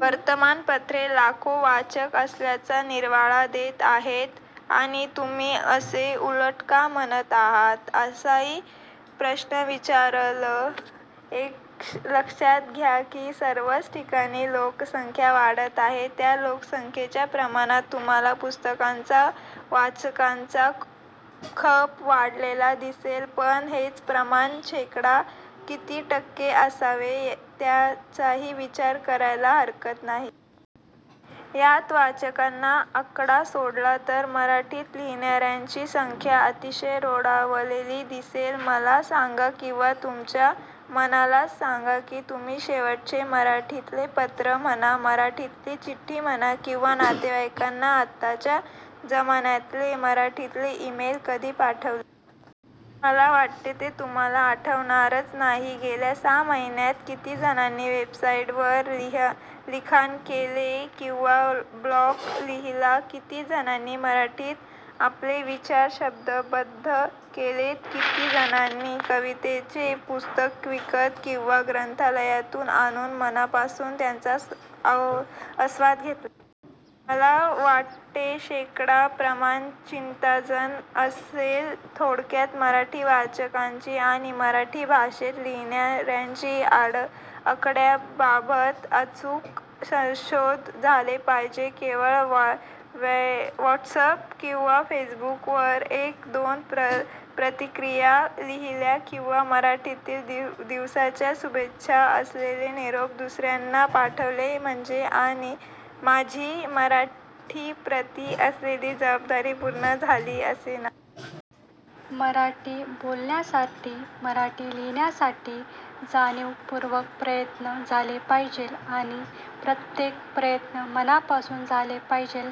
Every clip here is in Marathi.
वर्तमानपत्रे लाखो वाचक असल्याचा निर्वाळा देत आहेत आणि तुम्ही असे उलट का म्हणत आहात असाही प्रश्न विचाराल. एक लक्षात घ्या, की सर्वच ठिकाणी लोकसंख्या वाढत आहे. त्या लोकसंख्येच्या प्रमाणात तुम्हाला पुस्तकांचा, वाचकांचा खप वाढलेला दिसेल, पण हेच प्रमाण शेकडा किती टक्के असावे त्याचाही विचार करायला हरकत नाही. यात वाचकांचा आकडा सोडला तर मराठीत लिहीणार्यांची संख्या अतिशय रोडावलेली दिसेल. मला सांगा किंवा तुमच्या मनालाच सांगा की तुम्ही शेवटचे मराठीतले पत्र म्हणा, मराठीतली चिठ्ठी म्हणा किंवा नातेवाईकांना आताच्या जमानातले मराठीतले ईमेल कधी पाठवले? मला वाटते ते तुम्हाला आठवणारच नाही. गेल्या सहा महिन्यांत किती जणांनी वेबसाईटवर लिखाण केले? किंवा ब्लॉग लिहीला? किती जणांनी मराठीत आपले विचार शब्दबद्ध केलेत? किती जाणांनी कवितेचे पुस्तक विकत किंवा ग्रंथालयातून आणून मनापासून त्याचा आस्वाद घेतला? मला वाटते शेकडा प्रमाण चिंताजन असेल. थोडक्यात मराठी वाचकांची आणि मराठी भाषेत लिहीणार्यांच्या आकड्यांबाबत अचूक संशोधन झाले पाहिजे. केवळ व्हाटसअॅप किंवा फेसबूकवर एक दोन प्रतिक्रीया लिहील्या किंवा मराठीतील दिवसाच्या शुभेच्छा असलेले निरोप दुसर्यांना पाठवले म्हणजे माझी मराठीप्रती असलेली जबाबदारी पूर्ण झाली असे नाही. मराठी बोलण्यासाठी, मराठी लिहीण्यासाठी जाणीवपूर्वक प्रयत्न झाले पाहिजे. आणि ते प्रयत्न मनापासून झाले पाहिजे.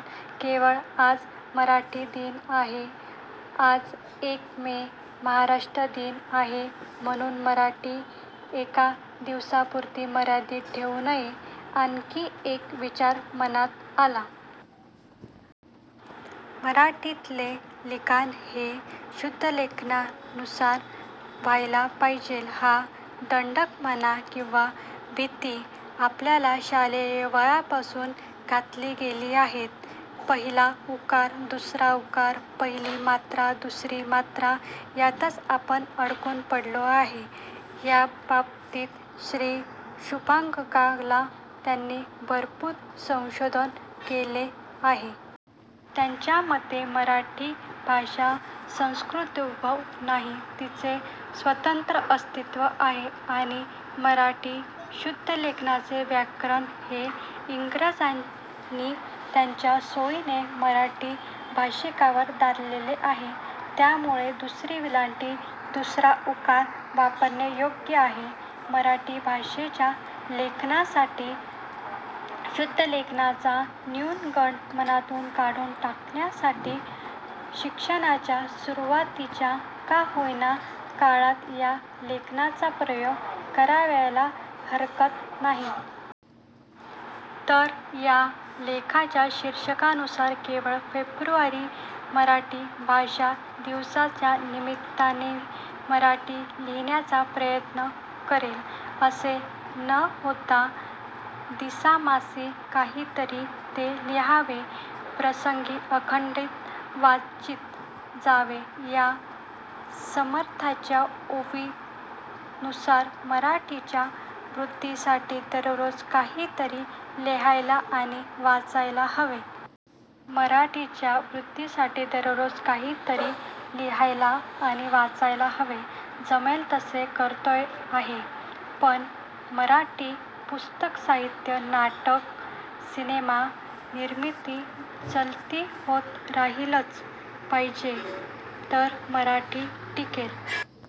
केवळ आज मराठी दिन आहे, आज एक मे, महाराष्ट्र दिन आहे म्हणून मराठी एका दिवसापुरती मर्यादित ठेवू नये. आणखी एक विचार मनात आला. मराठीतले लिखाण हे शुद्धलेखनानुसारच व्हायला पाहिजे हा दंडक म्हणा किंवा भिती आपल्याला शालेय वयापासून घातली गेली आहे. पहिला उकार, दुसरा उकार, पहिली मात्रा दुसरी मात्रा यातच आपण अडकून पडलो आहोत. याबाबतीत श्री. शुभानन गांगल यांनी भरपुर संशोधन केले आहे. त्यांच्या मते मराठी भाषा संस्कृतोद्भव नाही. तिचे स्वतंत्र अस्तित्व आहे. आणि मराठी शुद्धलेखनाचे व्याकरण हे इंग्रजांनी त्यांच्या सोईने मराठी भाषीकांवर लादलेले आहे. त्यामुळे दुसरी वेलांटी, दुसरा उकार वापरणे योग्य आहे. मराठी भाषेच्या लिखाणासाठी, शुद्धलेखनाचा न्युनगंड मनातून काढून टाकण्यासाठी शिक्षणाच्या सुरूवातीच्या का होईना काळात या लिखाणाचा प्रयोग करायला हरकत नाही. तर या लेखाच्या शिर्षकानुसार केवळ " फेब्रुवरी, मराठी भाषा दिवसाच्या निमित्तानेमी मराठी लिहीण्याचा प्रयत्न करेन" असे न होता "दिसामाजी काहीतरी ते लिहावे। प्रसंगी अखंडित वाचीत जावे", या समर्थांच्या ओवीनुसात मराठीच्या वृद्धीसाठी दररोज काहीतरी लिहायला आणि वाचायला हवे. मराठीच्या वृद्धीसाठी दररोज काहीतरी लिहायला आणि वाचायला हवे. >> जमेल तसे करतोच आहे! पण मराठी पुस्तकं ाहित्य, नाटक, सिनेमा निर्मिती-चलती होत राहिलीच पाहिजे तरच 'मराठी' टिकेल <- असं